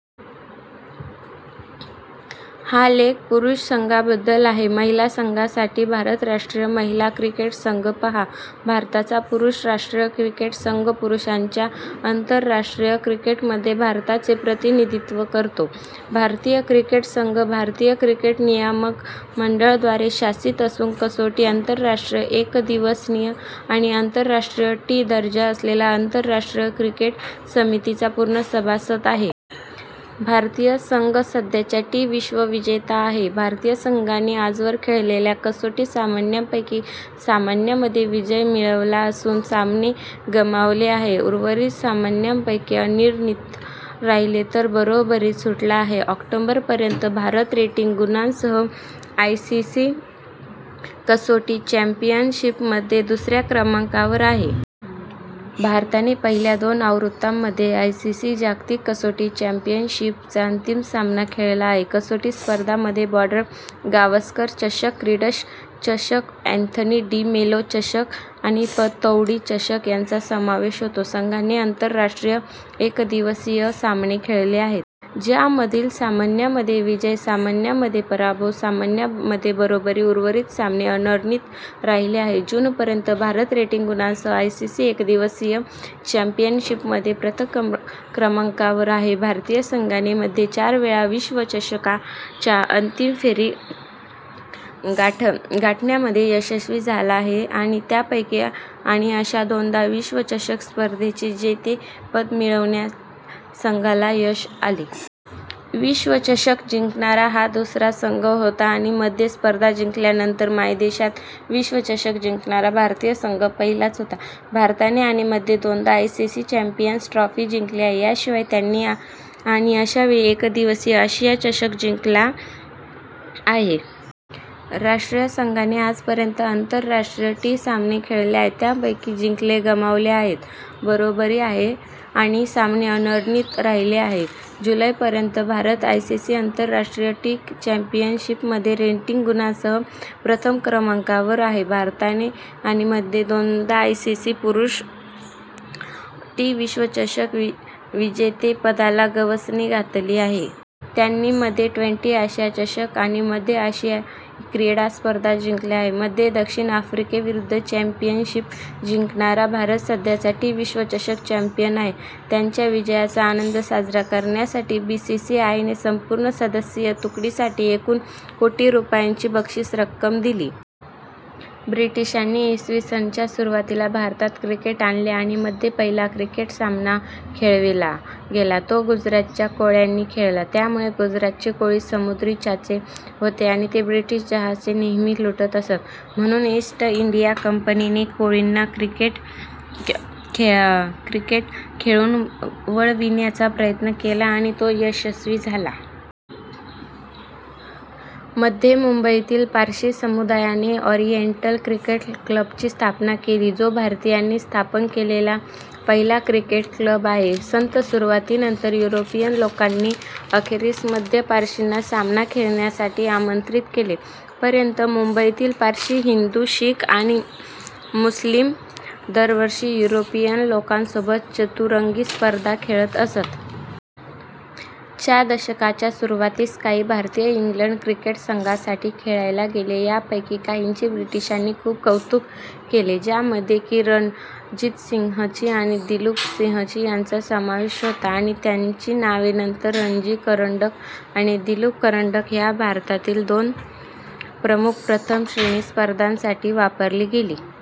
हा लेख पुरुष संघाबद्दल आहे. महिला संघासाठी, भारत राष्ट्रीय महिला क्रिकेट संघ पहा. भारताचा पुरुष राष्ट्रीय क्रिकेट संघ पुरुषांच्या आंतरराष्ट्रीय क्रिकेटमध्ये भारताचे प्रतिनिधित्व करतो. भारतीय क्रिकेट संघ भारतीय क्रिकेट नियामक मंडळ द्वारे शासित असून कसोटी, आंतरराष्ट्रीय एकदिवसीय आणि आंतरराष्ट्रीय टी दर्जा असलेला आंतरराष्ट्रीय क्रिकेट समितीचा पूर्ण सभासद आहे. भारतीय संघ सध्याचा टी विश्वविजेता आहे. भारतीय संघाने आजवर खेळलेल्या कसोटी सामन्यांपैकी सामन्यांमध्ये विजय मिळवला असून सामने गमावले आहेत. उर्वरित सामन्यांपैकी अनिर्णित राहिले तर बरोबरीत सुटला आहे. ऑक्टोबर पर्यंत, भारत रेटिंग गुणांसह आयसीसी कसोटी चॅम्पियनशिप मध्ये दुसऱ्या क्रमांकावर आहे. भारताने पहिल्या दोन आवृत्त्यांमध्ये आयसीसी जागतिक कसोटी चॅम्पियनशिप चा अंतिम सामना खेळला आहे. कसोटी स्पर्धांमध्ये बॉर्डर-गावस्कर चषक, फ्रीडम चषक, अँथनी डि मेलो चषक आणि पतौडी चषक यांचा समावेश होतो. संघाने आंतरराष्ट्रीय एकदिवसीय सामने खेळले आहेत. ज्यामधील सामन्यांमध्ये विजय, सामन्यांमध्ये पराभव, सामन्यांमध्ये बरोबरी उर्वरित सामने अनिर्णित राहिले आहेत. जून पर्यंत, भारत रेटिंग गुणांसह आयसीसी एकदिवसीय चॅम्पियनशिपमध्ये प्रथम क्रमांकावर आहे. भारतीय संघाने,,, मध्ये चार वेळा विश्वचषका च्या अंतिम फेरी गाठण्यामध्ये यशस्वी झाला आहे आणि त्यापैकी आणि अशा दोनदा विश्वचषक स्पर्धेचे जेतेपद मिळविण्यात संघाला यश आले. विश्वचषक जिंकणारा हा दुसरा संघ होता आणि मध्ये स्पर्धा जिंकल्यानंतर मायदेशात विश्वचषक जिंकणारा भारतीय संघ पहिलाच होता. भारताने आणि मध्ये दोनदा आयसीसी चॅम्पियन्स ट्रॉफी जिंकली आहे. याशिवाय, त्यांनी,, -,,, आणि अशा वेळा एकदिवसीय आशिया चषक जिंकला आहे. राष्ट्रीय संघाने आजपर्यंत आंतरराष्ट्रीय टी सामने खेळले आहेत. त्यापैकी जिंकले, गमावले आहेत, बरोबरी आणि सामने अनिर्णित राहिले आहेत. जूलै पर्यंत, भारत आयसीसी आंतरराष्ट्रीय टी चॅम्पियनशिपमध्ये रेटिंग गुणांसह प्रथम क्रमांकावर आहे. भारताने आणि मध्ये दोनदा आयसीसी पुरुष टी विश्वचषक विजेतेपदाला गवसणी घातली आहे. त्यांनी मध्ये ट्वेंटी आशिया चषक आणि मध्ये आशियाई क्रीडा स्पर्धा जिंकल्या आहेत. मध्ये दक्षिण आफ्रिकेविरुद्ध चॅम्पियनशिप जिंकणारा भारत सध्याचा टी विश्वचषक चॅम्पियन आहे. त्यांच्या विजयाचा आनंद साजरा करण्यासाठी, बीसीसीआयने संपूर्ण सदस्यीय तुकडीसाठी एकूण कोटी रुपयांची बक्षीस रक्कम दिली. ब्रिटिशांनी इ. स. च्या सुरुवातीला भारतात क्रिकेट आणले आणि मध्ये पहिला क्रिकेट सामना खेळविला गेला. तो गुजरातच्या कोळ्यांनी खेळला. त्यावेळी गुजरातचे कोळी समुद्री चाचे होते आणि ते ब्रिटीश जहाजे नेहमी लुटत असत म्हणून ईस्ट इंडिया कंपनी ने कोळींना क्रिकेट खेळून वळविण्याचा प्रयत्न केला आणि तो यशस्वी झाला. मध्ये, मुंबईतील पारशी समुदायाने ओरिएंटल क्रिकेट क्लबची स्थापना केली, जो भारतीयांनी स्थापन केलेला पहिला क्रिकेट क्लब आहे. संथ सुरुवातीनंतर, युरोपियन लोकांनी अखेरीस मध्ये पारशींना सामना खेळण्यासाठी आमंत्रित केले. पर्यंत, मुंबईतील पारशी, हिंदू, शीख आणि मुस्लिम दरवर्षी युरोपियन लोकांसोबत चतुरंगी स्पर्धा खेळत असत. च्या दशकाच्या सुरुवातीस, काही भारतीय इंग्लंड क्रिकेट संघासाठी खेळायला गेले. यापैकी काहींचे ब्रिटीशांनी खूप कौतुक केले, ज्यामध्ये की रणजितसिंहजी आणि दुलीपसिंहजी यांचा समावेश होता आणि त्यांची नावे नंतर रणजी करंडक आणि दुलीप करंडक ह्या भारतातील दोन प्रमुख प्रथम श्रेणी स्पर्धांसाठी वापरली गेली.